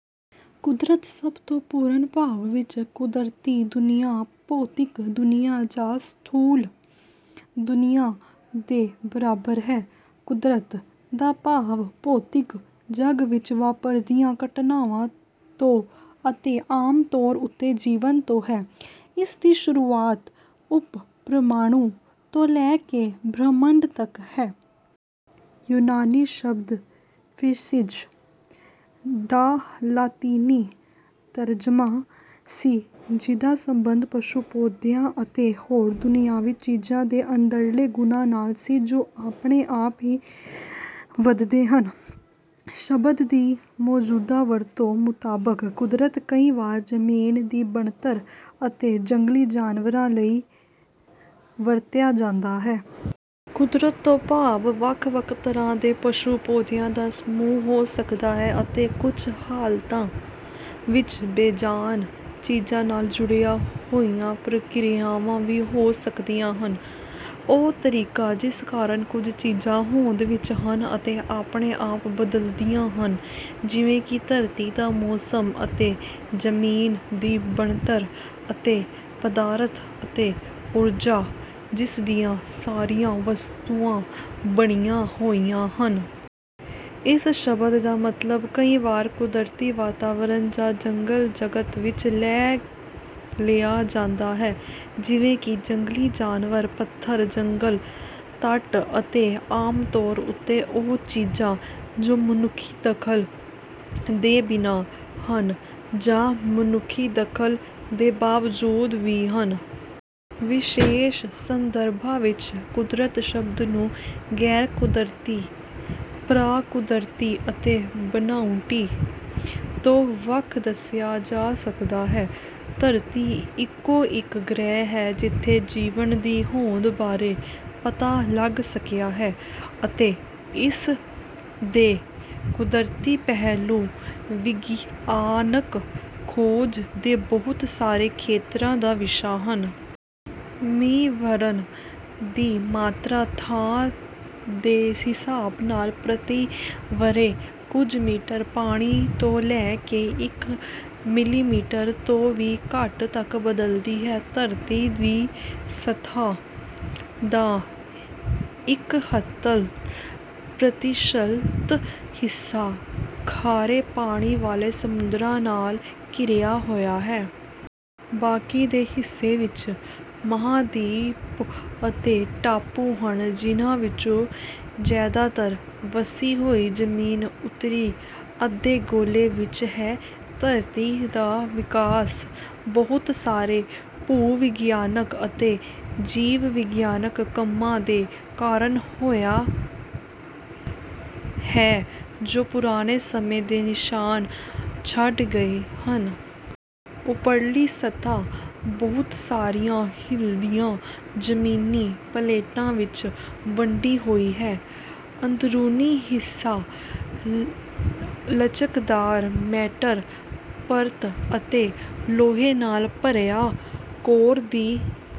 ਕੁਦਰਤ ਸਭ ਤੋਂ ਪੂਰਨ ਭਾਵ ਵਿੱਚ ਕੁਦਰਤੀ ਦੁਨੀਆਂ ਭੌਤਿਕ ਦੁਨੀਆਂ ਜਾਂ ਸਥੂਲ ਦੁਨੀਆਂ ਦੇ ਬਰਾਬਰ ਹੈ। "ਕੁਦਰਤ" ਦਾ ਭਾਵ ਭੌਤਿਕ ਜੱਗ ਵਿੱਚ ਵਾਪਰਦੀਆਂ ਘਟਨਾਵਾਂ ਤੋਂ ਅਤੇ ਆਮ ਤੌਰ ਉੱਤੇ ਜੀਵਨ ਤੋਂ ਹੈ। ਇਸਦੀ ਸ਼ੁਰੂਆਤ ਉਪ-ਪ੍ਰਮਾਣੂ ਤੋਂ ਲੈ ਕੇ ਬ੍ਰਹਿਮੰਡ ਤੱਕ ਹੈ। ਯੂਨਾਨੀ ਸ਼ਬਦ ਫ਼ਿਸਿਜ਼ ਦਾ ਲਾਤੀਨੀ ਤਰਜਮਾ ਸੀ ਜਿਹਦਾ ਸਬੰਧ ਪਸ਼ੂ-ਪੌਦਿਆਂ ਅਤੇ ਹੋਰ ਦੁਨਿਆਵੀ ਚੀਜ਼ਾਂ ਦੇ ਅੰਦਰਲੇ ਗੁਣਾਂ ਨਾਲ ਸੀ ਜੋ ਆਪਣੇ-ਆਪ ਹੀ ਵਧਦੇ ਹਨ। ਸ਼ਬਦ ਦੀ ਮੌਜੂਦਾ ਵਰਤੋਂ ਮੁਤਾਬਕ "ਕੁਦਰਤ" ਕਈ ਵਾਰ ਜ਼ਮੀਨ ਦੀ ਬਣਤਰ ਅਤੇ ਜੰਗਲੀ ਜਾਨਵਰਾਂ ਲਈ ਵਰਤਿਆ ਜਾਂਦਾ ਹੈ। ਕੁਦਰਤ ਤੋਂ ਭਾਵ ਵੱਖ-ਵੱਖ ਤਰ੍ਹਾਂ ਦੇ ਪਸ਼ੂ-ਪੌਦਿਆਂ ਦਾ ਸਮੂਹ ਹੋ ਸਕਦਾ ਹੈ ਅਤੇ ਕੁਝ ਹਾਲਤਾਂ ਵਿੱਚ ਬੇਜਾਨ ਚੀਜ਼ਾਂ ਨਾਲ ਜੁੜੀਆਂ ਹੋਈਆਂ ਪ੍ਰਕਿਰਿਆਵਾਂ ਵੀ ਹੋ ਸਕਦੀਆਂ ਹਨ। ਉਹ ਤਰੀਕਾ ਜਿਸ ਕਾਰਨ ਕੁਝ ਚੀਜ਼ਾਂ ਹੋਂਦ ਵਿੱਚ ਹਨ ਅਤੇ ਆਪਣੇ-ਆਪ ਬਦਲਦੀਆਂ ਹਨ ਜਿਵੇਂ ਕਿ ਧਰਤੀ ਦਾ ਮੌਸਮ ਅਤੇ ਜ਼ਮੀਨ ਦੀ ਬਣਤਰ ਅਤੇ ਪਦਾਰਥ ਅਤੇ ਊਰਜਾ ਜਿਸਦੀਆਂ ਸਾਰੀਆਂ ਵਸਤੂਆਂ ਬਣੀਆਂ ਹੋਈਆਂ ਹਨ। ਇਸ ਸ਼ਬਦ ਦਾ ਮਤਲਬ ਕਈ ਵਾਰ ਕੁਦਰਤੀ ਵਾਤਾਵਰਨ ਜਾਂ ਜੰਗਲ-ਜਗਤ ਵੀ ਲੈ ਲਿਆ ਜਾਂਦਾ ਹੈ ਜਿਵੇਂ ਕਿ ਜੰਗਲੀ ਜਾਨਵਰ ਪੱਥਰ ਜੰਗਲ ਤੱਟ ਅਤੇ ਆਮ ਤੌਰ ਉੱਤੇ ਉਹ ਚੀਜ਼ਾਂ ਜੋ ਮਨੁੱਖੀ ਦਖ਼ਲ ਦੇ ਬਿਨਾਂ ਹਨ ਜਾਂ ਮਨੁੱਖੀ ਦਖ਼ਲ ਦੇ ਬਾਵਜੂਦ ਵੀ ਹਨ। ਵਿਸ਼ੇਸ਼ ਸੰਦਰਭਾਂ ਵਿੱਚ "ਕੁਦਰਤ" ਸ਼ਬਦ ਨੂੰ ਗ਼ੈਰ-ਕੁਦਰਤੀ ਪਰਾਕੁਦਰਤੀ ਅਤੇ ਬਣਾਉਟੀ ਤੋਂ ਵੱਖ ਦੱਸਿਆ ਜਾ ਸਕਦਾ ਹੈ। ਧਰਤੀ ਇੱਕੋ-ਇੱਕ ਗ੍ਰਹਿ ਹੈ ਜਿੱਥੇ ਜੀਵਨ ਦੀ ਹੋਂਦ ਬਾਰੇ ਪਤਾ ਲੱਗ ਸਕਿਆ ਹੈ ਅਤੇ ਇਸ ਦੇ ਕੁਦਰਤੀ ਪਹਿਲੂ ਵਿਗਿਆਨਕ ਖੋਜ ਦੇ ਬਹੁਤ ਸਾਰੇ ਖੇਤਰਾਂ ਦਾ ਵਿਸ਼ਾ ਹਨ। ਮੀਂਹ ਵਰ੍ਹਨ ਦੀ ਮਾਤਰਾ ਥਾਂ ਦੇ ਹਿਸਾਬ ਨਾਲ ਪ੍ਰਤੀ ਵਰ੍ਹੇ ਕੁਝ ਮੀਟਰ ਪਾਣੀ ਤੋਂ ਲੈ ਕੇ ਇੱਕ ਮਿਲੀਮੀਟਰ ਤੋਂ ਵੀ ਘੱਟ ਤੱਕ ਬਦਲਦੀ ਹੈ। ਧਰਤੀ ਦੀ ਸਤ੍ਹਾ ਦਾ ਇਕਹੱਤਰ ਪ੍ਰਤੀਸ਼ਤ ਹਿੱਸਾ ਖਾਰੇ ਪਾਣੀ ਵਾਲੇ ਸਮੁੰਦਰਾਂ ਨਾਲ ਘਿਰਿਆ ਹੋਇਆ ਹੈ। ਬਾਕੀ ਦੇ ਹਿੱਸੇ ਵਿੱਚ ਮਹਾਂਦੀਪ ਅਤੇ ਟਾਪੂ ਹਨ ਜਿਹਨਾਂ ਵਿੱਚੋਂ ਜ਼ਿਆਦਾਤਰ ਵਸੀ ਹੋਈ ਜ਼ਮੀਨ ਉੱਤਰੀ ਅੱਧੇ ਗੋਲੇ ਵਿੱਚ ਹੈ ਧਰਤੀ ਦਾ ਵਿਕਾਸ ਬਹੁਤ ਸਾਰੇ ਭੂ-ਵਿਗਿਆਨਕ ਅਤੇ ਜੀਵ-ਵਿਗਿਆਨਕ ਕੰਮਾਂ ਦੇ ਕਾਰਨ ਹੋਇਆ ਹੈ ਜੋ ਪੁਰਾਣੇ ਸਮੇਂ ਦੇ ਨਿਸ਼ਾਨ ਛੱਡ ਗਏ ਹਨ। ਉੱਪਰਲੀ ਸਤ੍ਹਾ ਬਹੁਤ ਸਾਰੀਆਂ ਹਿੱਲਦੀਆਂ ਜ਼ਮੀਨੀ ਪਲੇਟਾਂ ਵਿੱਚ ਵੰਡੀ ਹੋਈ ਹੈ ਅੰਦਰੂਨੀ ਹਿੱਸਾ ਲਚਕਦਾਰ ਮੈਂਟਲ ਪਰਤ ਅਤੇ ਲੋਹੇ ਨਾਲ ਭਰਿਆ ਕੋਰ ਦੀ